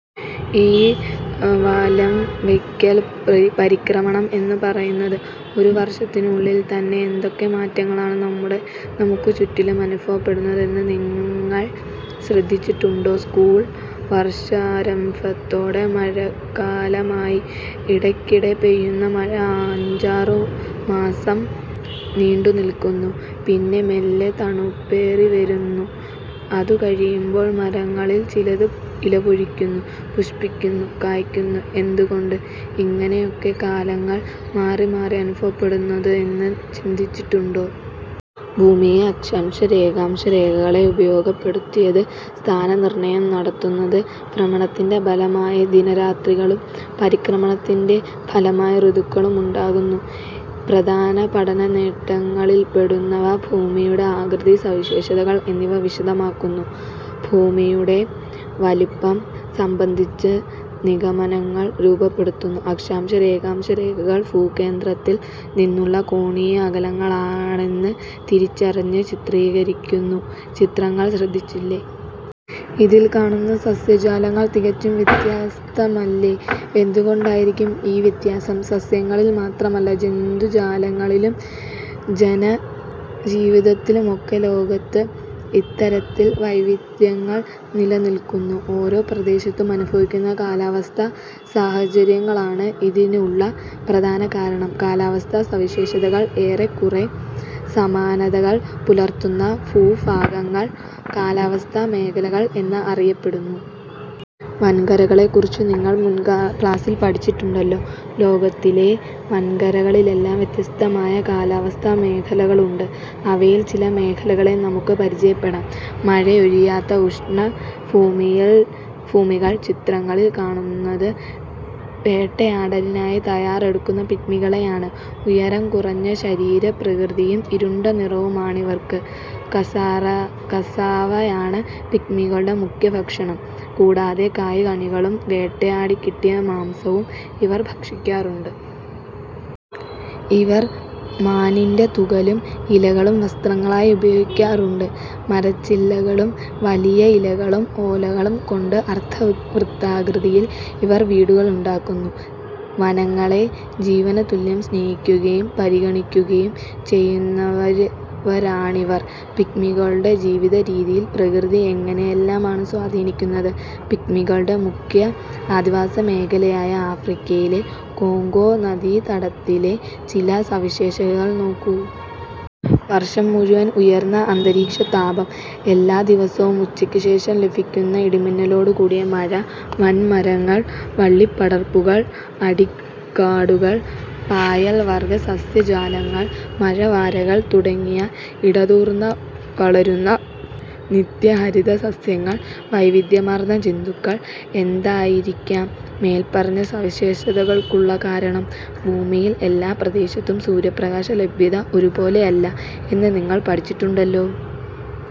ഈ വലംവയ്ക്കൽ പരിക്രമണം എന്ന് അറിയപ്പെടുന്നു. ഒരു വർഷത്തിനുള്ളിൽ തന്നെ എന്തൊക്കെ മാറ്റങ്ങളാണ് നമുക്കുചുറ്റിലും അനുഭവപ്പെടുന്നത് എന്ന് നിങ്ങൾ ശ്രദ്ധിച്ചിട്ടുണ്ടോ? സ്കൂൾ വർഷാരംഭത്തോടെ മഴക്കാലമായി. ഇടയ്ക്കിടെ പെയ്യുന്ന മഴ അഞ്ചാറുമാസം നീണ്ടുനിൽക്കുന്നു. പിന്നെ മെല്ലെ തണുപ്പേറിവരുന്നു. അതുകഴിയുമ്പോൾ മരങ്ങളിൽ ചിലത് ഇലപൊഴിക്കുന്നു... പുഷ്പിക്കുന്നു.... കായ്ക്കുന്നു.... എന്തുകൊണ്ടാണ് ഇങ്ങനെയൊക്കെ കാലങ്ങൾ മാറിമാറി അനുഭവപ്പെടുന്നത് എന്ന് ചിന്തിച്ചിട്ടുണ്ടോ? ഭൂമിയിൽ അക്ഷാംശ-രേഖാംശരേഖകളെ ഉപയോഗപ്പെടുത്തിയാണ് സ്ഥാനനിർണ്ണയം നടത്തുന്നത്. ഭ്രമണത്തിന്റെ ഫലമായി ദിനരാത്രങ്ങളും പരിക്രമണത്തിന്റെ ഫലമായി ഋതുക്കളും ഉണ്ടാകുന്നു. പ്രധാന പഠനനേട്ടങ്ങളിൽപ്പെടുന്നവ ഭൂമിയുടെ ആകൃതി, സവിശേഷതകൾ എന്നിവ വിശദമാക്കുന്നു. ഭൂമിയുടെ വലിപ്പം സംബന്ധിച്ച് നിഗമനങ്ങൾ രൂപപ്പെടുത്തുന്നു. അക്ഷാംശ-രേഖാംശ രേഖകൾ ഭൂകേന്ദ്രത്തിൽ നിന്നുമുള്ള കോണീയ അകലങ്ങളാണെന്ന് തിരിച്ചറിഞ്ഞ് ചിത്രീകരിക്കുന്നു ചിത്രങ്ങൾ ശ്രദ്ധിച്ചില്ലേ. ഇതിൽ കാണുന്ന സസ്യജാലങ്ങൾ തികച്ചും വ്യത്യസ്തമല്ലേ. എന്തുകൊണ്ടായിരിക്കാം ഈ വ്യത്യാസം? സസ്യങ്ങളിൽ മാത്രമല്ല, ജന്തുജാലങ്ങളിലും ജനജീവിതത്തിലുമൊക്കെ ലോകത്ത് ഇത്തരത്തിൽ വൈവിധ്യങ്ങൾ നിലനിൽക്കുന്നു. ഓരോ പ്രദേശത്തും അനുഭവപ്പെടുന്ന കാലാവസ്ഥാ സാഹചര്യങ്ങളാണ് ഇതിനുള്ള പ്രധാന കാരണം. കാലാവസ്ഥാ സവിശേഷതകളിൽ ഏറെക്കുറെ സമാനതകൾ പുലർത്തുന്ന ഭൂഭാഗങ്ങൾ കാലാവസ്ഥാ മേഖലകൾ എന്ന് അറിയപ്പെടുന്നു. വൻകരകളെക്കുറിച്ച് നിങ്ങൾ മുൻ ക്ലാസ്സിൽ പഠിച്ചിട്ടുണ്ടല്ലോ. ലോകത്തിലെ വൻകരകളിലെല്ലാം വ്യത്യസ്തമായ കാലാവസ്ഥാ മേഖലകളുണ്ട്. അവയിലെ ചില മേഖലകളെ നമുക്ക് പരിചയപ്പെടാം. മഴയൊഴിയാത്ത ഉഷ്ണഭൂമികൾ ചിത്രത്തിൽ കാണുന്നത് വേട്ടയാടലിനായി തയ്യാറെടുക്കുന്ന പിഗ്മികളെയാണ്. ഉയരം കുറഞ്ഞ ശരീരപ്രകൃതവും ഇരുണ്ട നിറവുമാണിവർക്ക്. കസാവ യാണ് പിഗ്മികളുടെ മുഖ്യ ഭക്ഷണം. കൂടാതെ കായ്കനികളും വേട്ടയാടിക്കിട്ടിയ മാംസവും ഇവർ ഭക്ഷണമാക്കാറുണ്ട്. ഇവർ മാനിന്റെ തുകലും ഇലകളും വസ്ത്രങ്ങളായി ഉപയോഗിക്കാറുണ്ട്. മരച്ചില്ലകളും വലിയ ഇലകളും ഓലകളും കൊണ്ട് അർദ്ധവൃത്താകൃതിയിൽ ഇവർ വീടുണ്ടാക്കുന്നു. വനങ്ങളെ ജീവനുതുല്യം സ്നേഹിക്കുകയും പരിപാലിക്കുകയും ചെയ്യുന്നവരാണിവർ. പിഗ്മികളുടെ ജീവിതരീതിയിൽ പ്രകൃതി എങ്ങനെയെല്ലാമാണ് സ്വാധീനിക്കുന്നത്? പിഗ്മികളുടെ മുഖ്യ അധിവാസ മേഖലയായ ആഫ്രിക്കയിലെ കോംഗോ നദീതടത്തിലെ ചില സവിശേഷതകൾ നോക്കൂ. വർഷം മുഴുവൻ ഉയർന്ന അന്തരീക്ഷതാപം, എല്ലാ ദിവസവും ഉച്ചയ്ക്കുശേഷം ലഭിക്കുന്ന ഇടിമിന്നലോടുകൂടിയ മഴ. വൻമരങ്ങൾ, വള്ളിപ്പടർപ്പുകൾ, അടിക്കാടുകൾ, പായൽ വർഗ്ഗ സസ്യജാലങ്ങൾ, മരവാഴകൾ തുടങ്ങി ഇടതൂർന്ന് വളരുന്ന നിത്യഹരിത സസ്യങ്ങൾ. വൈവിധ്യമാർന്ന ജന്തുക്കൾ. എന്തായിരിക്കാം മേൽപ്പറഞ്ഞ സവിശേഷതകൾക്കുള്ള കാരണം? ഭൂമിയിൽ എല്ലാ പ്രദേശത്തും സൂര്യപ്രകാശലഭ്യത ഒരു പോലെയല്ല എന്ന് നിങ്ങൾ പഠിച്ചിട്ടുണ്ടല്ലോ.